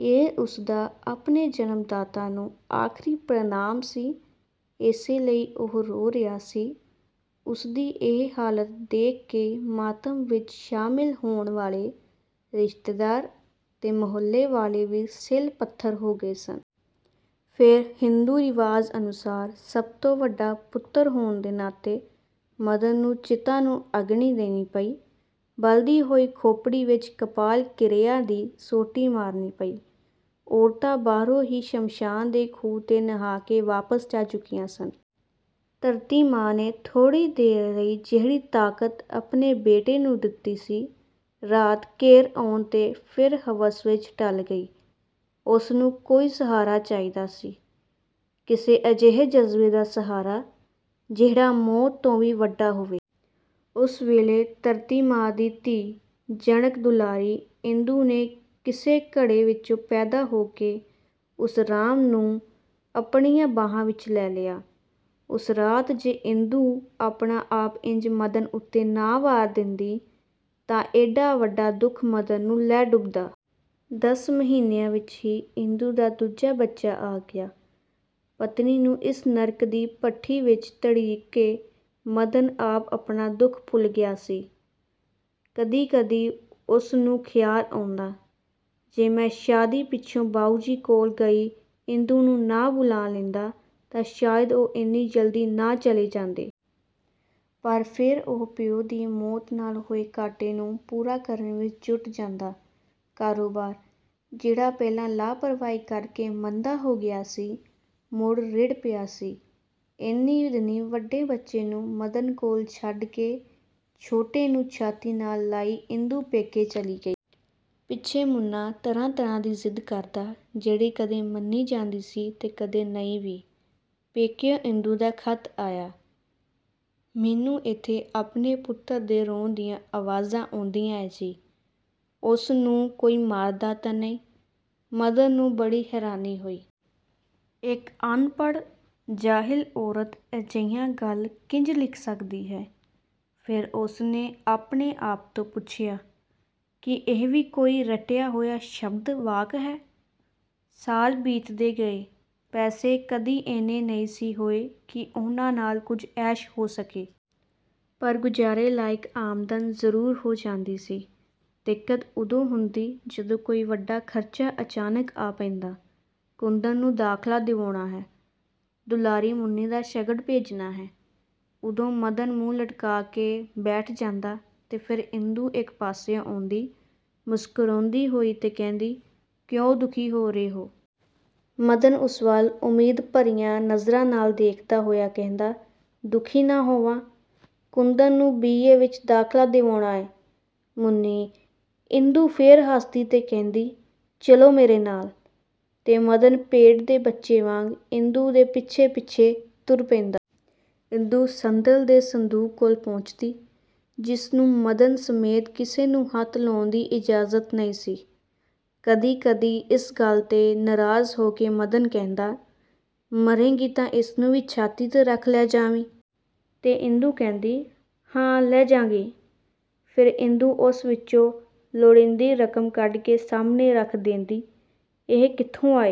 ਇਹ ਉਸਦਾ ਆਪਣੇ ਜਨਮ ਦਾਤਾ ਨੂੰ ਆਖ਼ਰੀ ਪ੍ਰਣਾਮ ਸੀ ਇਸੇ ਲਈ ਉਹ ਰੋ ਰਿਹਾ ਸੀ। ਉਸਦੀ ਇਹ ਹਾਲਤ ਦੇਖ ਕੇ ਮਾਤਮ ਵਿਚ ਸ਼ਾਮਿਲ ਹੋਣ ਵਾਲੇ ਰਿਸ਼ਤੇਦਾਰ ਤੇ ਮੁਹੱਲੇ ਵਾਲੇ ਵੀ ਸਿਲ–ਪੱਥਰ ਹੋ ਗਏ ਸਨ। ਫੇਰ ਹਿੰਦੂ ਰਿਵਾਜ਼ ਅਨੁਸਾਰ ਸਭ ਤੋਂ ਵੱਡਾ ਪੁੱਤਰ ਹੋਣ ਦੇ ਨਾਤੇ ਮਦਨ ਨੂੰ ਚਿਤਾ ਨੂੰ ਅੱਗਨੀ ਦੇਣੀ ਪਈ। ਬਲਦੀ ਹੋਈ ਖੋਪੜੀ ਵਿਚ ਕਪਾਲ ਕ੍ਰਿਆ ਦੀ ਸੋਟੀ ਮਾਰਨੀ ਪਈ… ਔਰਤਾਂ ਬਾਹਰੋਂ ਹੀ ਸ਼ਮਸ਼ਾਨ ਦੇ ਖੂਹ 'ਤੇ ਨਹਾਅ ਕੇ ਵਾਪਸ ਜਾ ਚੁੱਕੀਆਂ ਸਨ। ਧਰਤੀ ਮਾਂ ਨੇ ਥੋੜ੍ਹੀ ਦੇਰ ਲਈ ਜਿਹੜੀ ਤਾਕਤ ਆਪਣੇ ਬੇਟੇ ਨੂੰ ਦਿਤੀ ਸੀ, ਰਾਤ ਘਿਰ ਆਉਣ ਤੇ ਫੇਰ ਹਵਸ ਵਿਚ ਢਲ ਗਈ… ਉਸਨੂੰ ਕੋਈ ਸਹਾਰਾ ਚਾਹੀਦਾ ਸੀ। ਕਿਸੇ ਅਜਿਹੇ ਜਜ਼ਬੇ ਦਾ ਸਹਾਰਾ, ਜਿਹੜਾ ਮੌਤ ਤੋਂ ਵੀ ਵੱਡਾ ਹੋਵੇ। ਉਸ ਵੇਲੇ ਧਰਤੀ ਮਾਂ ਦੀ ਧੀ, ਜਨਕ ਦੁਲਾਰੀ ਇੰਦੂ ਨੇ ਕਿਸੇ ਘੜੇ ਵਿਚੋਂ ਪੈਦਾ ਹੋ ਕੇ ਉਸ ਰਾਮ ਨੂੰ ਆਪਣੀਆਂ ਬਾਹਾਂ ਵਿਚ ਲੈ ਲਿਆ… ਉਸ ਰਾਤ ਜੇ ਇੰਦੂ ਆਪਣਾ ਆਪਾ ਇੰਜ ਮਦਨ ਉੱਤੇ ਨਾ ਵਾਰ ਦਿੰਦੀ ਤਾਂ ਏਡਾ ਵੱਡਾ ਦੁੱਖ ਮਦਨ ਨੂੰ ਲੈ ਡੁੱਬਦਾ। ਦਸ ਮਹੀਨਿਆਂ ਵਿਚ ਹੀ ਇੰਦੂ ਦਾ ਦੂਜਾ ਬੱਚਾ ਆ ਗਿਆ। ਪਤਨੀ ਨੂੰ ਇਸ ਨਰਕ ਦੀ ਭੱਠੀ ਵਿਚ ਧਰੀਕ ਕੇ ਮਦਨ ਆਪ ਆਪਣਾ ਦੁੱਖ ਭੁੱਲ ਗਿਆ ਸੀ। ਕਦੀ ਕਦੀ ਉਸਨੂੰ ਖ਼ਿਆਲ ਆਉਂਦਾ, ਜੇ ਮੈਂ ਸ਼ਾਦੀ ਪਿੱਛੋਂ ਬਾਊਜੀ ਕੋਲ ਗਈ ਇੰਦੂ ਨੂੰ ਨਾ ਬੁਲਾਅ ਲੈਂਦਾ ਤਾਂ ਸ਼ਾਇਦ ਉਹ ਏਨੀ ਜਲਦੀ ਨਾ ਚਲੇ ਜਾਂਦੇ। ਪਰ ਫੇਰ ਉਹ ਪਿਓ ਦੀ ਮੌਤ ਨਾਲ ਹੋਏ ਘਾਟੇ ਨੂੰ ਪੂਰਾ ਕਰਨ ਵਿਚ ਜੁਟ ਜਾਂਦਾ… ਕਾਰੋਬਾਰ, ਜਿਹੜਾ ਪਹਿਲਾਂ ਲਾਪ੍ਰਵਾਹੀ ਕਰਕੇ ਮੰਦਾ ਹੋ ਗਿਆ ਸੀ, ਮੁੜ ਰਿੜ੍ਹ ਪਿਆ ਸੀ। ਇਹਨੀਂ ਦਿਨੀ ਵੱਡੇ ਬੱਚੇ ਨੂੰ ਮਦਨ ਕੋਲ ਛੱਡ ਕੇ, ਛੋਟੇ ਨੂੰ ਛਾਤੀ ਨਾਲ ਲਾਈ ਇੰਦੂ ਪੇਕੇ ਚਲੀ ਗਈ। ਪਿੱਛੇ ਮੁੰਨਾਂ ਤਰ੍ਹਾਂ–ਤਰ੍ਹਾਂ ਦੀ ਜ਼ਿਦ ਕਰਦਾ, ਜਿਹੜੀ ਕਦੀ ਮੰਨੀ ਜਾਂਦੀ ਸੀ ਤੇ ਕਦੀ ਨਹੀਂ ਵੀ। ਪੇਕਿਓਂ ਇੰਦੂ ਦਾ ਖ਼ਤ ਆਇਆ- 'ਮੈਨੂੰ ਏਥੇ ਆਪਣੇ ਪੁੱਤਰ ਦੇ ਰੋਣ ਦੀਆਂ ਆਵਾਜ਼ਾਂ ਆਉਂਦੀਐਂ ਜੀ, ਉਸਨੂੰ ਕੋਈ ਮਾਰਦਾ ਤਾਂ ਨਹੀਂ… ' ਮਦਨ ਨੂੰ ਬੜੀ ਹੈਰਾਨੀ ਹੋਈ। ਇਕ ਅਣਪੜ੍ਹ, ਜਾਹਿਲ ਔਰਤ ਅਜਿਹੀਆਂ ਗੱਲ ਕਿੰਜ ਲਿਖ ਸਕਦੀ ਹੈ? ਫੇਰ ਉਸਨੇ ਆਪਣੇ ਆਪ ਤੋਂ ਪੁੱਛਿਆ-'ਕੀ ਇਹ ਵੀ ਕੋਈ ਰਟਿਆ ਹੋਇਆ ਸ਼ਬਦ–ਵਾਕ ਹੈ? ' ਸਾਲ ਬੀਤਦੇ ਗਏ। ਪੈਸੇ ਕਦੀ ਏਨੇ ਨਹੀਂ ਸੀ ਹੋਏ ਕਿ ਉਹਨਾਂ ਨਾਲ ਕੁਝ ਐਸ਼ ਹੋ ਸਕੇ। ਪਰ ਗੁਜਾਰੇ ਲਾਇਕ ਆਮਦਨ ਜ਼ਰੂਰ ਹੋ ਜਾਂਦੀ ਸੀ। ਦਿੱਕਤ ਉਦੋਂ ਹੁੰਦੀ ਜਦੋਂ ਕੋਈ ਵੱਡਾ ਖ਼ਰਚਾ ਅਚਾਨਕ ਆ ਪੈਂਦਾ… ਕੁੰਦਨ ਨੂੰ ਦਾਖ਼ਲਾ ਦਿਵਾਉਣਾ ਹੈ, ਦੁਲਾਰੀ ਮੁੰਨੀ ਦਾ ਸ਼ਗਨ ਭੇਜਣਾ ਹੈ। ਉਦੋਂ ਮਦਨ ਮੂੰਹ ਲਟਕਾਅ ਕੇ ਬੈਠ ਜਾਂਦਾ ਤੇ ਫੇਰ ਇੰਦੂ ਇਕ ਪਾਸਿਓਂ ਆਉਂਦੀ ਮੁਸਕਰਾਉਂਦੀ ਹੋਈ ਤੇ ਕਹਿੰਦੀ, "ਕਿਉਂ ਦੁਖੀ ਹੋ ਰਹੇ ਓ? " ਮਦਨ ਉਸ ਵੱਲ ਉਮੀਦ ਭਰੀਆਂ ਨਜ਼ਰਾਂ ਨਾਲ ਦੇਖਦਾ ਹੋਇਆ ਕਹਿੰਦਾ, "ਦੁਖੀ ਨਾ ਹੋਵਾਂ? ਕੁੰਦਨ ਨੂੰ ਬੀ. ਏ. ਵਿਚ ਦਾਖਲਾ ਦਿਵਾਉਣਾ ਏਂ… ਮੁੰਨੀ… " ਇੰਦੂ ਫੇਰ ਹੱਸਦੀ ਤੇ ਕਹਿੰਦੀ, "ਚੱਲੋ ਮੇਰੇ ਨਾਲ। " ਤੇ ਮਦਨ ਭੇਡ ਦੇ ਬੱਚੇ ਵਾਂਗ ਇੰਦੂ ਦੇ ਪਿੱਛੇ–ਪਿੱਛੇ ਤੁਰ ਪੈਂਦਾ। ਇਦੂ ਸੰਦਲ ਦੇ ਸੰਦੂਕ ਕੋਲ ਪਹੁੰਚਦੀ, ਜਿਸਨੂੰ ਮਦਨ ਸਮੇਤ ਕਿਸੇ ਨੂੰ ਹੱਥ ਲਾਉਣ ਦੀ ਇਜਾਜ਼ਤ ਨਹੀਂ ਸੀ। ਕਦੀ ਕਦੀ ਇਸ ਗੱਲ 'ਤੇ ਨਾਰਾਜ਼ ਹੋ ਕੇ ਮਦਨ ਕਹਿੰਦਾ-"ਮਰੇਂਗੀ ਤਾਂ ਇਸ ਨੂੰ ਵੀ ਛਾਤੀ 'ਤੇ ਰੱਖ ਕੇ ਲੈ ਜਾਵੀਂ। " ਤੇ ਇੰਦੂ ਕਹਿੰਦੀ-"ਹਾਂ ਲੈ ਜਾਂ–ਗੀ। " ਫੇਰ ਇੰਦੂ ਉਸ ਵਿਚੋਂ ਲੋੜੀਂਦੀ ਰਕਮ ਕੱਢ ਕੇ ਸਾਹਮਣੇ ਰੱਖ ਦੇਂਦੀ। "ਇਹ ਕਿੱਥੋਂ ਆਏ?